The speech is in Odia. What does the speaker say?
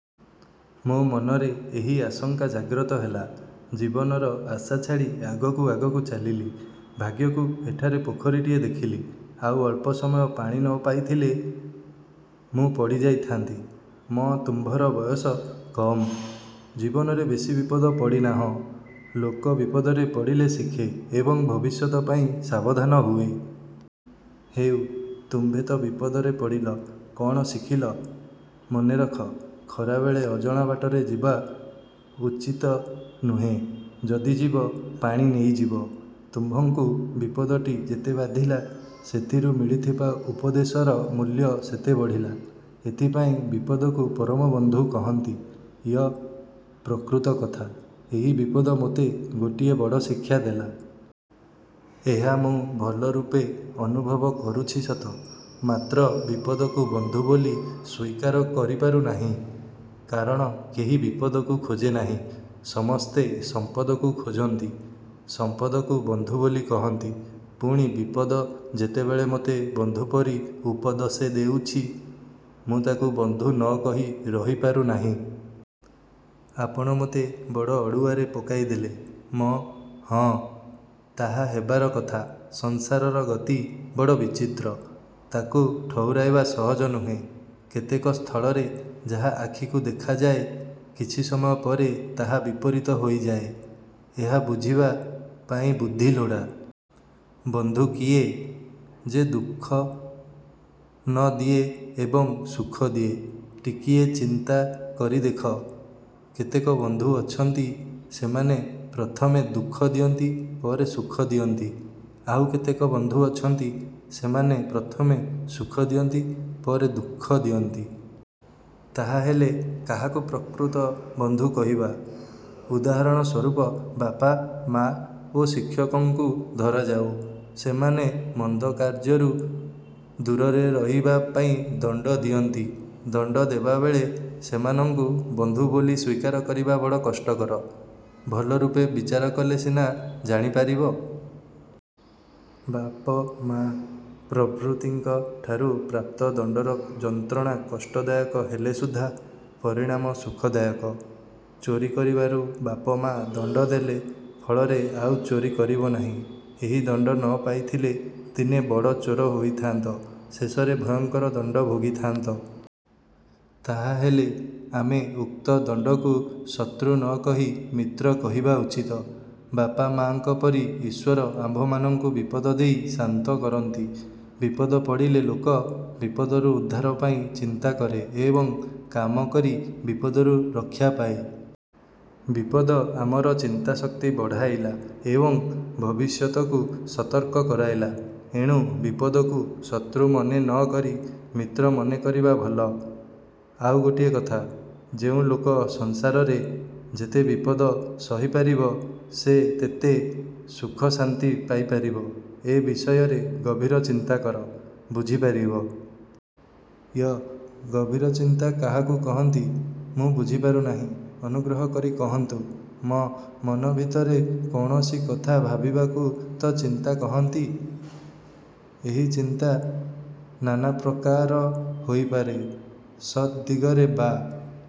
ମୋ ମନରେ ଏହି ଆଶଙ୍କା ଜାଗ୍ରତ ହେଲା। ଜୀବନର ଆଶା ଛାଡ଼ି ଆଗକୁ ଆଗକୁ ଚାଲିଲି। ଭାଗ୍ୟକୁ ଏଠାରେ ପୋଖରୀଟିଏ ଦେଖିଲି। ଆଉ ଅଳ୍ପ ସମୟ ପାଣି ନ ପାଇଥିଲେ ମୁଁ ପଡ଼ିଯାଇଥାନ୍ତି। ମ-ତୁମ୍ଭର ବୟସ କମ୍। ଜୀବନରେ ବେଶୀ ବିପଦରେ ପଡ଼ିନାହଁ। ଲୋକ ବିପଦରେ ପଡ଼ିଲେ ଶିଖେ ଏବଂ ଭବିଷ୍ୟତ ପାଇଁ ସାବଧାନ ହୁଏ। ହେଉ, ତୁମ୍ଭେ ତ ବିପଦରେ ପଡ଼ିଲ, କଅଣ ଶିଖିଲ? ମନେରଖ, ଖରାବେଳେ ଅଜଣା ବାଟରେ ଯିବା ଉଚିତ ନୁହେଁ। ଯଦି ଯିବ, ପାଣି ନେଇଯିବ। ତୁମ୍ଭଙ୍କୁ ବିପଦଟି ଯେତେ ବାଧିଲା, ସେଥିରୁ ମିଳିଥିବା ଉପଦେଶର ମୂଲ୍ୟ ସେତେ ବଢ଼ିଲା। ଏଥିପାଇଁ ବିପଦକୁ ପରମବନ୍ଧୁ କହନ୍ତି। ୟ-ପ୍ରକୃତ କଥା, ଏହି ବିପଦ ମୋତେ ଗୋଟିଏ ବଡ଼ ଶିକ୍ଷା ଦେଲା। ଏହା ମୁଁ ଭଲରୂପେ ଅନୁଭବ କରୁଛି ସତ, ମାତ୍ର ବିପଦକୁ ବନ୍ଧୁ ବୋଲି ସ୍ଵୀକାର କରିପାରୁନାହିଁ। କାରଣ କେହି ବିପଦକୁ ଖୋଜେ ନାହିଁ, ସମସ୍ତେ ସମ୍ପଦକୁ ଖୋଜନ୍ତି; ସମ୍ପଦକୁ ବନ୍ଧୁ ବୋଲି କହନ୍ତି। ପୁଣି ବିପଦ ଯେତେବେଳେ ମୋତେ ବନ୍ଧୁପରି ଉପଦଶେ ଦେଉଛି, ମୁଁ ତାକୁ ବନ୍ଧୁ ନ କହି ରହିପାରୁ ନାହିଁ-। ଆପଣ ମୋତେ ବଡ଼ ଅଡ଼ୁଆରେ ପକାଇଦେଲେ। ମ-ହଁ, ତାହା ହେବାର କଥା। ସଂସାରର ଗତି ବଡ଼ ବିଚିତ୍ର। ତାକୁ ଠଉରାଇବା ସହଜ ନୁହେଁ। କେତେକ ସ୍ଥଳରେ ଯାହା ଆଖିକୁ ଦେଖାଯାଏ, କିଛି ସମୟ ପରେ ତାହା ବିପରୀତ ହୋଇଯାଏ। ଏହା ବୁଝିବା ପାଇଁ ବୁଦ୍ଧି ଲୋଡ଼ା। ବନ୍ଧୁ କିଏ? ଯେ ଦୁଃଖ ନ ଦିଏ ଏବଂ ସୁଖ ଦିଏ-। ଟିକିଏ ଚିନ୍ତା କରି ଦେଖ। କେତେକ ବନ୍ଧୁ ଅଛନ୍ତି ସେମାନେ ପ୍ରଥମେ ଦୁଃଖ ଦିଅନ୍ତି ପରେ ସୁଖ ଦିଅନ୍ତି-। ଆଉ କେତେକ ବନ୍ଧୁ ଅଛନ୍ତି, ସେମାନେ ପ୍ରଥମେ ସୁଖ ଦିଅନ୍ତି ପରେ ଦୁଃଖ ଦିଅନ୍ତି। ତାହାହେଲେ କାହାକୁ ପ୍ରକୃତ ବନ୍ଧୁ କହିବା? ଉଦାହରଣ ସ୍ୱରୂପ ବାପ-ମା ଓ ଶିକ୍ଷକଙ୍କୁ ଧରାଯାଉ। ସେମାନେ ମନ୍ଦ କାର୍ଯ୍ୟରୁ ଦୂରରେ ରହିବା ପାଇଁ ଦଣ୍ଡ ଦିଅନ୍ତି। ଦଣ୍ଡ ଦେବାବେଳେ ସେମାନଙ୍କୁ ବନ୍ଧୁ ବୋଲି ସ୍ଵୀକାର କରିବା ବଡ଼ କଷ୍ଟକର। ଭଲରୂପେ ବିଚାର କଲେ ସିନା ଜାଣି ପାରିବ। ବାପ-ମା ପ୍ରଭୃତିଙ୍କ ଠାରୁ ପ୍ରାପ୍ତ ଦଣ୍ଡର ଯନ୍ତ୍ରଣା କଷ୍ଟ ଦାୟକ ହେଲେ ସୁଦ୍ଧା ପରିଣାମ ସୁଖ ଦାୟକ। ଚୋରି କରିବାରୁ ବାପ ମା ଦଣ୍ଡ ଦେଲେ ଫଳରେ ଆଉ ଚୋରି କରିବ ନାହିଁ। ଏହି ଦଣ୍ଡ ନ ପାଇଥିଲେ ଦିନେ ବଡ଼ଚୋର ହୋଇଥାନ୍ତ। ଶେଷରେ ଭୟଙ୍କର ଦଣ୍ଡ ଭୋଗିଥାନ୍ତ। ତାହାହେଲେ ଆମେ ଉକ୍ତ ଦଣ୍ଡକୁ ଶତ୍ରୁ ନ କହି ମିତ୍ର କହିବା ଉଚିତ। ବାପା ମା'ଙ୍କ ପରି ଈଶ୍ଵର ଆମ୍ଭମାନଙ୍କୁ ବିପଦ ଦେଇ ଶାନ୍ତ କରନ୍ତି। ବିପଦ ପଡ଼ିଲେ ଲୋକ ବିପଦରୁ ଉଦ୍ଧାର ପାଇଁ ଚିନ୍ତା କରେ ଏବଂ କାମ କରି ବିପଦରୁ ରକ୍ଷା ପାଏ। ବିପଦ ଆମର ଚିନ୍ତାଶକ୍ତି ବଢ଼ାଇଲା ଏବଂ ଭବିଷ୍ୟତକୁ ସତର୍କ କରାଇଲା। ଏଣୁ ବିପଦକୁ ଶତ୍ରୁ ମନେ ନ କରି ମିତ୍ର ମନେ କରିବା ଭଲ। ଆଉ ଗୋଟିଏ କଥା, ଯେଉଁ ଲୋକ ସଂସାରରେ ଯେତେ ବିପଦ ସହିପାରିବ ସେ ତେତେ ସୁଖ ଶାନ୍ତି ପାଇପାରିବ। ଏ ବିଷୟରେ ଗଭୀର ଚିନ୍ତା କର, ବୁଝି ପାରିବ-। ୟ-ଗଭୀରଚିନ୍ତା କାହାକୁ କହନ୍ତି, ମୁଁ ବୁଝିପାରୁନାହିଁ; ଅନୁଗ୍ରହ କରି କହନ୍ତୁ। ମ-ମନ ଭିତରେ କୌଣସି କଥା ଭାବିବାକୁ ତ ଚିନ୍ତା କହନ୍ତି? ଏହି ଚିନ୍ତା ନାନାପ୍ରକାର ହୋଇପାରେ, ସତ୍ ଦିଗରେ ବା